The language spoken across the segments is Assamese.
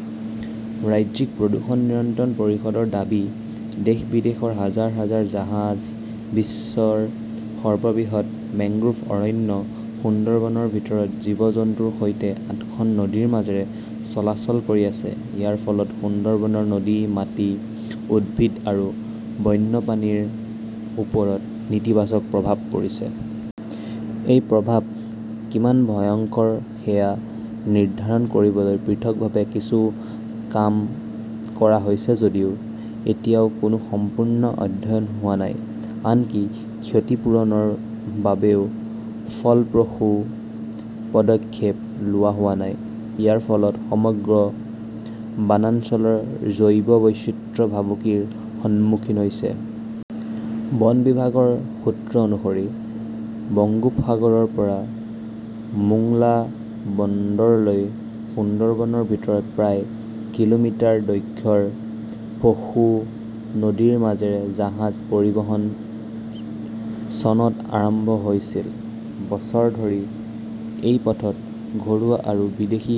ৰাজ্যিক প্ৰদূষণ নিয়ন্ত্ৰণ পৰিষদৰ দাবী দেশ-বিদেশৰ হাজাৰ হাজাৰ জাহাজ বিশ্বৰ সৰ্ববৃহৎ মেংগ্ৰোভ অৰণ্য সুন্দৰবনৰ ভিতৰত জীৱ-জন্তুৰ সৈতে আঠখন নদীৰ মাজেৰে চলাচল কৰি আছে। ইয়াৰ ফলত সুন্দৰবনৰ নদী, মাটি, উদ্ভিদ আৰু বন্যপ্ৰাণীৰ ওপৰত নেতিবাচক প্ৰভাৱ পৰিছে। এই প্ৰভাৱ কিমান ভয়ংকৰ সেয়া নিৰ্ধাৰণ কৰিবলৈ পৃথকভাৱে কিছু কাম কৰা হৈছে যদিও এতিয়াও কোনো সম্পূৰ্ণ অধ্যয়ন হোৱা নাই। আনকি ক্ষতি পূৰণৰ বাবেও ফলপ্ৰসূ পদক্ষেপ লোৱা হোৱা নাই। ইয়াৰ ফলত সমগ্ৰ বনাঞ্চলৰ জৈৱ বৈচিত্ৰ্য ভাবুকিৰ সন্মুখীন হৈছে। বন বিভাগৰ সূত্ৰ অনুসৰি, বংগোপসাগৰৰ পৰা মোংলা বন্দৰলৈ সুন্দৰবনৰ ভিতৰত প্ৰায় কিলোমিটাৰ দৈৰ্ঘ্যৰ পশু নদীৰ মাজেৰে জাহাজ পৰিবহণ চনত আৰম্ভ হৈছিল। বছৰ ধৰি এই পথত ঘৰুৱা আৰু বিদেশী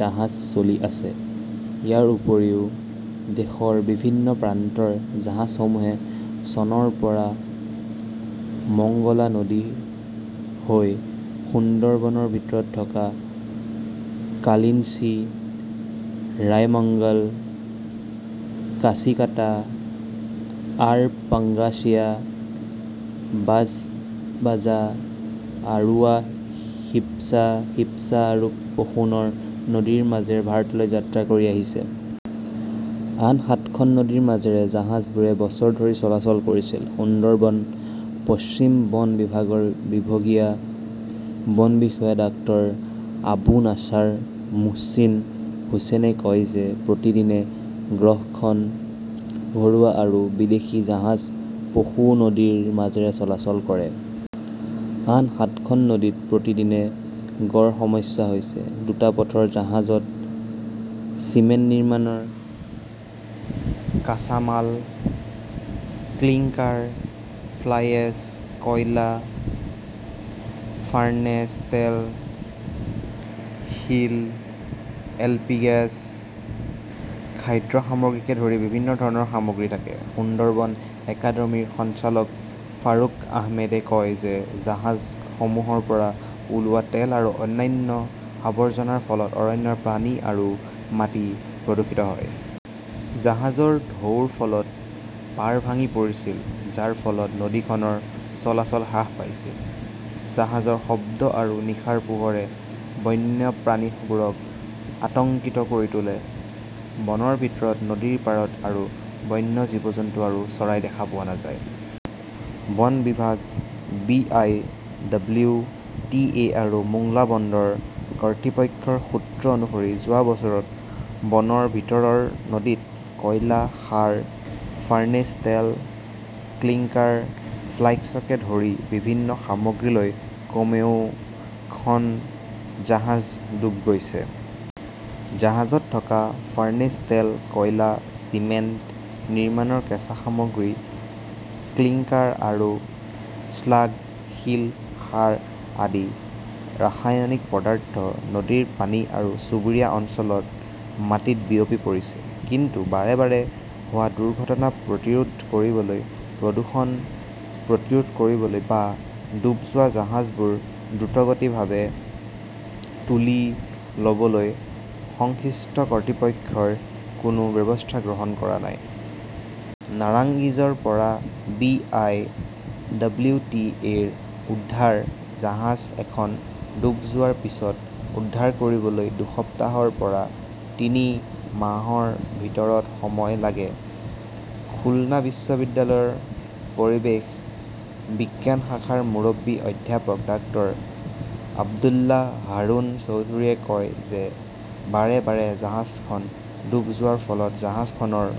জাহাজ চলি আছে। ইয়াৰ উপৰিও, দেশৰ বিভিন্ন প্ৰান্তৰ জাহাজসমূহে চনৰ পৰা মংগলা হৈ সুন্দৰবনৰ ভিতৰত থকা কালিঞ্চি, ৰায়মঙ্গল, কাছিকাটা, আৰপঙ্গাসিয়া, বাজবাজা, আৰুৱা শিৱছা, শিৱছা আৰু পশুনৰ নদীৰ মাজেৰে ভাৰতলৈ যাত্ৰা কৰি আহিছে। আন সাতখন নদীৰ মাজেৰে জাহাজবোৰে বছৰ ধৰি চলাচল কৰিছিল। সুন্দৰবন পশ্চিম বন বিভাগৰ বিভাগীয় বন বিষয়া ডক্টৰ আবু নাছাৰ মোহচিন হুচেনে কয় যে প্ৰতিদিনে গড় খন ঘৰুৱা আৰু বিদেশী জাহাজ পশু নদীৰ মাজেৰে চলাচল কৰে। আন সাতখন নদীত প্ৰতিদিনে গড় সংখ্যা হৈছে। দুটা পথৰ জাহাজত চিমেণ্ট নিৰ্মাণৰ কাঁচামাল ক্লিংকাৰ, ফ্লাইএছ, কয়লা, ফাৰ্নেচ তেল, শিল, এলপি গেছ, খাদ্য সামগ্ৰীকে ধৰি বিভিন্ন ধৰণৰ সামগ্ৰী থাকে। সুন্দৰবন একাডেমীৰ সঞ্চালক ফাৰুক আহমেদে কয় যে জাহাজসমূহৰ পৰা ওলোৱা তেল আৰু অন্যান্য আৱৰ্জনাৰ ফলত অৰণ্যৰ পানী আৰু মাটিত প্ৰদূষণ হয়। জাহাজৰ ঢৌৰ ফলত পাৰ ভাঙি পৰিছিল, যাৰ ফলত নদীখনৰ চলাচল হ্ৰাস পাইছিল। জাহাজৰ শব্দ আৰু নিশাৰ পোহৰে বন্যপ্ৰাণীবোৰক আতংকিত কৰি তোলে। বনৰ ভিতৰত নদীৰ পাৰত আৰু বন্য জীৱ-জন্তু আৰু চৰাই দেখা পোৱা নাযায়। বন বিভাগ, B. I. W. T. A. আৰু মোংলা বন্দৰ কৰ্তৃপক্ষৰ সূত্ৰ অনুসৰি যোৱা বছৰত বনৰ ভিতৰৰ নদীত কয়লা, সাৰ, ফাৰ্নেচ তেল, ক্লিংকাৰ, ফ্লাইএশ্বকে ধৰি বিভিন্ন সামগ্ৰী লৈ কমেও খন জাহাজ ডুব গৈছে। জাহাজত থকা ফাৰ্নেছ তেল, কয়লা, চিমেণ্ট নিৰ্মাণৰ কেঁচা সামগ্ৰী ক্লিংকাৰ আৰু স্লাগ, শিল, সাৰ আদি ৰাসায়নিক পদাৰ্থ নদীৰ পানী আৰু চুবুৰীয়া অঞ্চলৰ মাটিত বিয়পি পৰিছে। কিন্তু বাৰে বাৰে হোৱা দুৰ্ঘটনা প্ৰতিৰোধ কৰিবলৈ, প্ৰদূষণ প্ৰতিৰোধ কৰিবলৈ বা ডুব যোৱা জাহাজবোৰ দ্ৰুতভাৱে তুলি ল "বলৈ সংশ্লিষ্ট কৰ্তৃপক্ষই কোনো ব্যৱস্থা গ্ৰহণ কৰা নাই। নাৰাংইজৰ পৰা বি. আই. ডব্লিউ. টি. এ.ৰ উদ্ধাৰ জাহাজ এখন ডুব যোৱাৰ পিছত উদ্ধাৰ কৰিবলৈ দুসপ্তাহৰ পৰা তিনি মাহৰ ভিতৰত সময় লাগে। খুলনা বিশ্ববিদ্যালয়ৰ পৰিৱেশ বিজ্ঞান শাখাৰ মুৰব্বী অধ্যাপক ডক্টৰ আব্দুল্লাহ হাৰুন চৌধুৰীয়ে কয় যে বাৰে বাৰে জাহাজখন ডুব যোৱাৰ ফলত জাহাজখনৰ